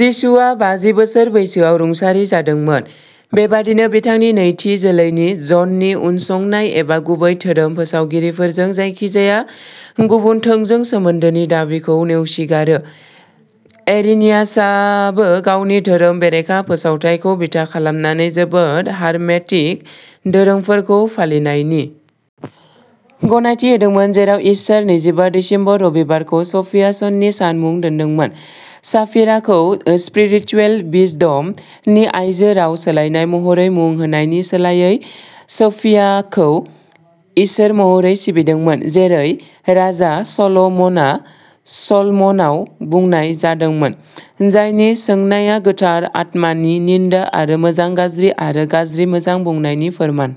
जिशुआ बाजि बोसोर बैसोआव रुंसारि जादोंमोन। बेबादिनो बिथांनि नैथि जोलैनि ज'ननि उनसंनाय एबा गुबै धोरोम फोसावगिरिफोरजों जायखिजाया गुबुन थोंजों सोमोन्दोनि दाबिखौ नेवसिगारो। इरिनियासआबो गावनि धोरोम बेरेखा फोसावथायखौ बिथा खालामनानै जोबोद हारमेटिक दोरोंफोरखौ फालिनायनि गनायथि होदोंमोन, जेराव इस्टार, नैजिबा दिसेम्बर, रबिबारखौ सोफिया शनिनि सान मुं दोन्दोंमोन, "साफिरा" खौ "स्पिरिचुएल विजडम" नि आइजो राव सोलायनाय महरै मुं होनायनि सोलायै सोफियाखौ इसोर महरै सिबिदोंमोन, जेरै राजा सल'मनआ सल'मनआव बुंनाय जादोंमोन जायनि सोंनाया गोथार आत्मानि निन्दा आरो मोजां गाज्रि आरो गाज्रि मोजां बुंनायनि फोरमान।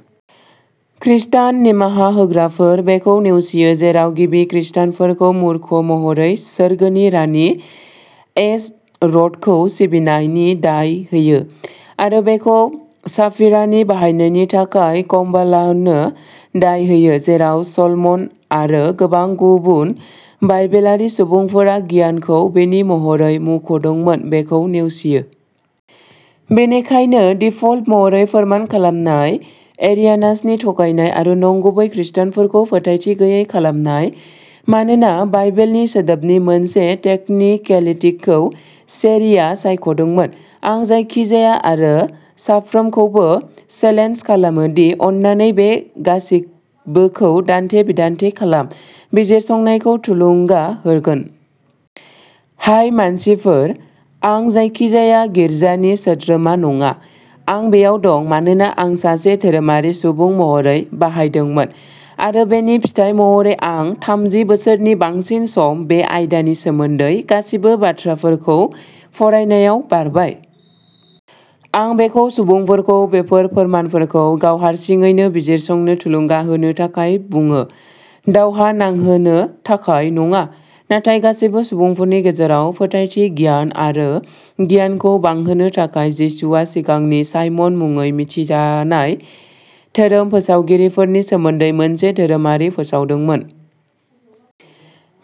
खृस्टान निमाहा होग्राफोर, बेखौ नेवसियो, जेराव गिबि खृस्टानफोरखौ मूर्ख महरै सोरगोनि रानि, एश'र'थखौ "सिबिनाय" नि दाय होयो आरो बेखौ साफिरानि बाहायनायनि थाखाय कब्बालाहनो दाय होयो, जेराव सल'मन आरो गोबां गुबुन बाइबेलारि सुबुंफोरा "गियान" खौ "बिनि" महरै मुंख'दोंमोन बेखौ नेवसियो। बेनिखायनो, दिफल्ट महरै, फोरमान खालामनाय। इरेनियासनि थगायनाय आरो नंगुबै खृस्टानफोरखौ फोथायथि गैयै खालामनाय, मानोना बाइबेलनि सोदोबनि मोनसे टेकनिकेलितिखौ चेरीआ सायख'दोंमोन। आं जायखिजाया आरो साफ्रोमखौबो चेलेन्ज खालामो दि अन्नानै बे गासिबोखौ दान्थे-बिदान्थे खालाम, बिजिरसंनायखौ थुलुंगा होगोन। हाय मानसिफोर, आं जायखिजाया गिर्जानि सोद्रोमा नङा। आं बेयाव दं मानोना आं सासे धोरोमारि सुबुं महरै बाहायदोंमोन आरो बेनि फिथाय महरै आं थामजि बोसोरनि बांसिन सम बे आयदानि सोमोन्दै गासिबो बाथ्राफोरखौ फरायनायाव बारबाय। आं बेखौ सुबुंफोरखौ बेफोर फोरमानफोरखौ गाव हारसिङैनो बिजिरसंनो थुलुंगा होनो थाखाय बुङो, दावहा नांहोनो थाखाय नङा नाथाय गासैबो सुबुंफोरनि गेजेराव फोथायथि गियान आरो गियानखौ बांहोनो थाखाय। जिसुआ सिगांनि साइमन मुङै मिथिजानाय धोरोम फोसावगिरिनि सोमोन्दै मोनसे धोरोमारि फोसावदोंमोन ।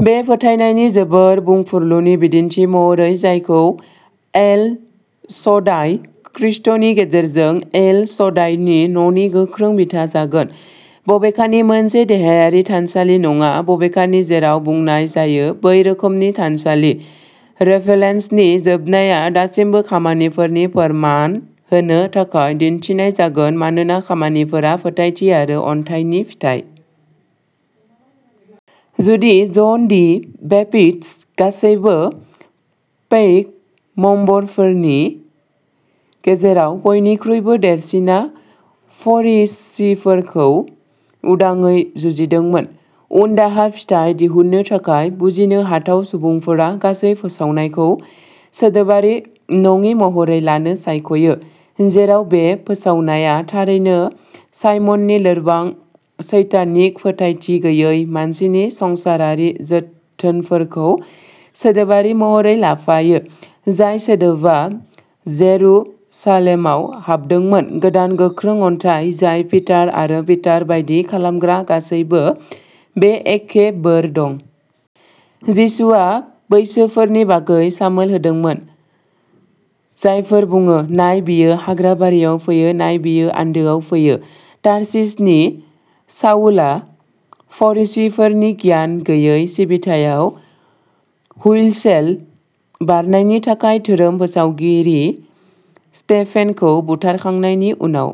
बे फोथायनायनि जोबोर बुंफुरलुनि बिदिन्थि महरै जायखौ एल शड्डाइ, खृष्टनि गेजेरजों एल शड्डाइनि न'नि गोख्रों बिथा जागोन। बबेखानि, मोनसे देहायारि थानसालि नङा, बबेखानि जेराव बुंनाय जायो बै रोखोमनि थानसालि। रेभेलेशननि जोबनाया दासिमबो खामानिफोरनि फोरमान होनो थाखाय दिन्थिनाय जागोन, मानोना खामानिफोरा फोथायथि आरो अनथाइनि फिथाय। जुदि जन दि बेप्टिस्ट, गासैबो पैगम्बरफोरनि गेजेराव बयनिख्रुइबो देरसिनआ फरिसीफोरखौ उदाङै जुजिदोंमोन "उनदाहा फिथाइ" दिहुननो थाखाय बुजिनो हाथाव, सुबुंफोरा गासै फोसावनायखौ सोदोबारि नङि महरै लानो सायख'यो, जेराव बे फोसावनाया थारैनो साइमननि लोरबां, सैतानिक, फोथायथि गैयै, मानसिनि संसारारि जोथोनफोरखौ सोदोबारि महरै लाफायो, जाय सोदोबआ जेरुसालेमाव हाबदोंमोन; गोदान, गोख्रों अन्थाइ जाय पिटार आरो पिटार बायदि खालामग्रा गासैबो, बे एखे बोर दं। जिसुआ बैसोरफोरनि बागै सामोल होदोंमोन जायफोरा बुङो, "नाय, बियो हाग्राबारियाव फैयो, नाय, बियो आन्दोआव फैयो", तारसिसनि साउलआ, फरिसीफोरनि गियान गैयै सिबिथायाव हुइसेल बारनायनि थाखाय धोरोम फोसावगिरि स्टेफेनखौ बुथारखांनायनि उनाव।